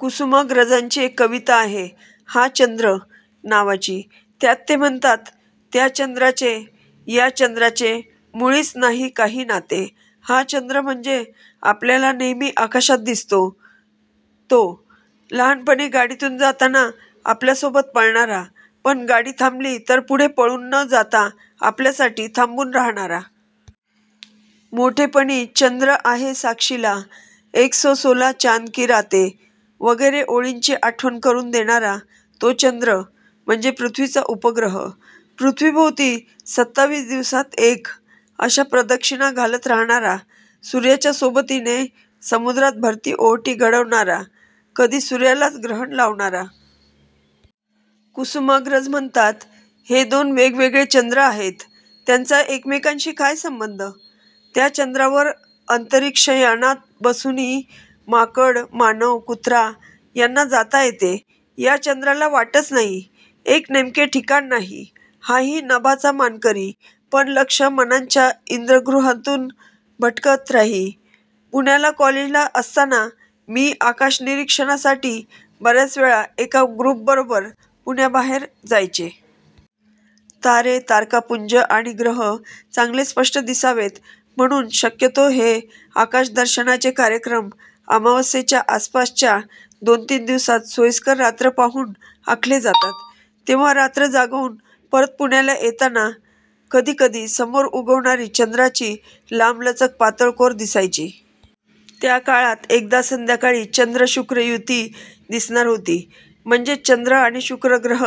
कुसुमाग्रजांची एक कविता आहे, 'हा चंद्र' नावाची. त्यात ते म्हणतात, "त्या चंद्राचे या चंद्राचे मुळीच नाही काही नाते" 'हा चंद्र' म्हणजे आपल्याला नेहमी आकाशात दिसतो, तो. लहानपणी गाडीतून जाताना आपल्यासोबत पळणारा, पण गाडी थांबली तर पुढे पळून न जाता आपल्यासाठी थांबून राहणारा. मोठेपणी 'चंद्र आहे साक्षीला', ' एकसो सोला चॉंद की रातें' वगैरे ओळींची आठवण करून देणारा. 'तो चंद्र' म्हणजे पृथ्वीचा उपग्रह. पृथ्वीभोवती सत्तावीस दिवसांत एक, अशा प्रदक्षिणा घालत राहणारा, सूर्याच्या सोबतीने समुद्रात भरती-ओहोटी घडवणारा, कधी सूर्यालाच ग्रहण लावणारा. कुसुमाग्रज म्हणतात, हे दोन वेगवेगळे चंद्र आहेत. त्यांचा एकमेकांशी काय संबंध? "त्या चंद्रावर अंतरिक्षयानात बसूनी माकड, मानव, कुत्रा यांना जाता येते या चंद्राला वाटच नाही, एक नेमके ठिकाण नाही हाही नभाचा मानकरी, पण लक्ष मनांच्या इंद्रगुहांतून भटकत राही" पुण्याला कॉलेजला असताना मी आकाशनिरीक्षणासाठी बर्याच वेळा एका ग्रुपबरोबर पुण्याबाहेर जायचे. तारे, तारकापुंज आणि ग्रह चांगले स्पष्ट दिसावेत म्हणून शक्यतो हे आकाशदर्शनाचे कार्यक्रम अमावास्येच्या आसपासच्या दोनतीन दिवसात सोयीस्कर रात्र पाहून आखले जातात. तेव्हा रात्र जागवून परत पुण्याला येताना कधीकधी समोर उगवणारी चंद्राची लांबलचक पातळ कोर दिसायची. त्या काळात एकदा संध्याकाळी चंद्र-शुक्र युती दिसणार होती, म्हणजेच चंद्र आणि शुक्र ग्रह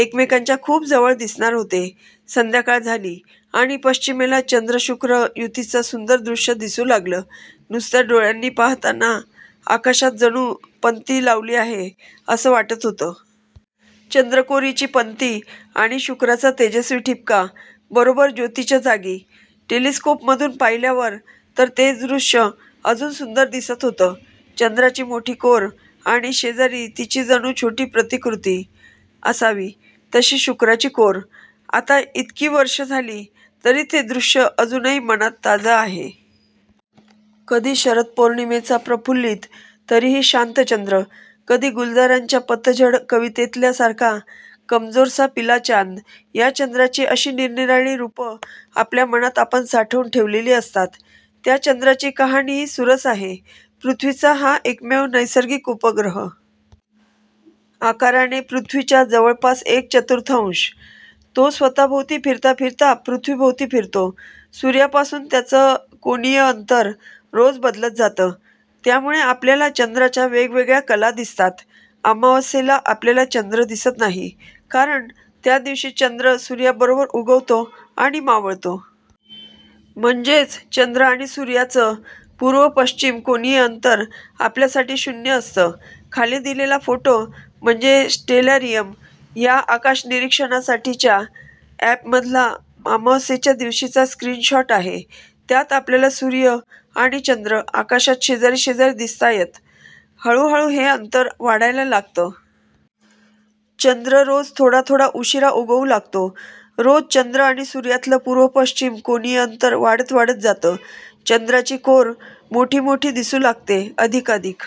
एकमेकांच्या खूप जवळ दिसणार होते. संध्याकाळ झाली आणि पश्चिमेला चंद्र-शुक्र युतीचं सुंदर दृश्य दिसू लागलं. नुसत्या डोळ्यांनी पाहताना आकाशात जणू पणती लावली आहे असं वाटत होतं. चंद्रकोरीची पणती आणि शुक्राचा तेजस्वी ठिपका बरोबर ज्योतीच्या जागी. टेलिस्कोपमधून पाहिल्यावर तर तेच दृश्य अजून सुंदर दिसत होतं. चंद्राची मोठी कोर आणि शेजारी तिची जणू छोटी प्रतिकृती असावी तशी शुक्राची कोर! आता इतकी वर्षं झाली, तरी ते दृश्य अजूनही मनात ताजं आहे. कधी शरद पौर्णिमेचा प्रफुल्लित, तरीही शांत चंद्र, कधी गुलजारांच्या 'पतझड' कवितेतल्यासारखा 'कमजोर सा पीला चांद', 'या' चंद्राची अशी निरनिराळी रूपं आपल्या मनात आपण साठवून ठेवलेली असतात. 'त्या' चंद्राची कहाणीही सुरस आहे. पृथ्वीचा हा एकमेव नैसर्गिक उपग्रह. आकाराने पृथ्वीच्या जवळपास एक चतुर्थांश. तो स्वतःभोवती फिरता फिरता पृथ्वीभोवती फिरतो. सूर्यापासून त्याचं कोनीय अंतर रोज बदलत जातं, त्यामुळे आपल्याला चंद्राच्या वेगवेगळ्या 'कला' दिसतात. अमावास्येला आपल्याला चंद्र दिसत नाही, कारण त्या दिवशी चंद्र सूर्याबरोबरच उगवतो आणि मावळतो. म्हणजेच, चंद्र आणि सूर्याचं पूर्व-पश्चिम कोनीय अंतर आपल्यासाठी शून्य असतं. खाली दिलेला फोटो म्हणजे स्टेलारियम या आकाशनिरीक्षणासाठीच्या अॅपमधला अमावास्येच्या दिवशीचा स्क्रीनशॉट आहे. त्यात आपल्याला सूर्य आणि चंद्र आकाशात शेजारी शेजारी दिसतायत. हळूहळू हे अंतर वाढायला लागतं. चंद्र रोज थोडा थोडा उशिरा उगवू लागतो.. रोज चंद्र आणि सूर्यातलं पूर्व-पश्चिम कोनीय अंतर वाढत वाढत जातं, चंद्राची कोर मोठी-मोठी दिसू लागते, अधिकाधिक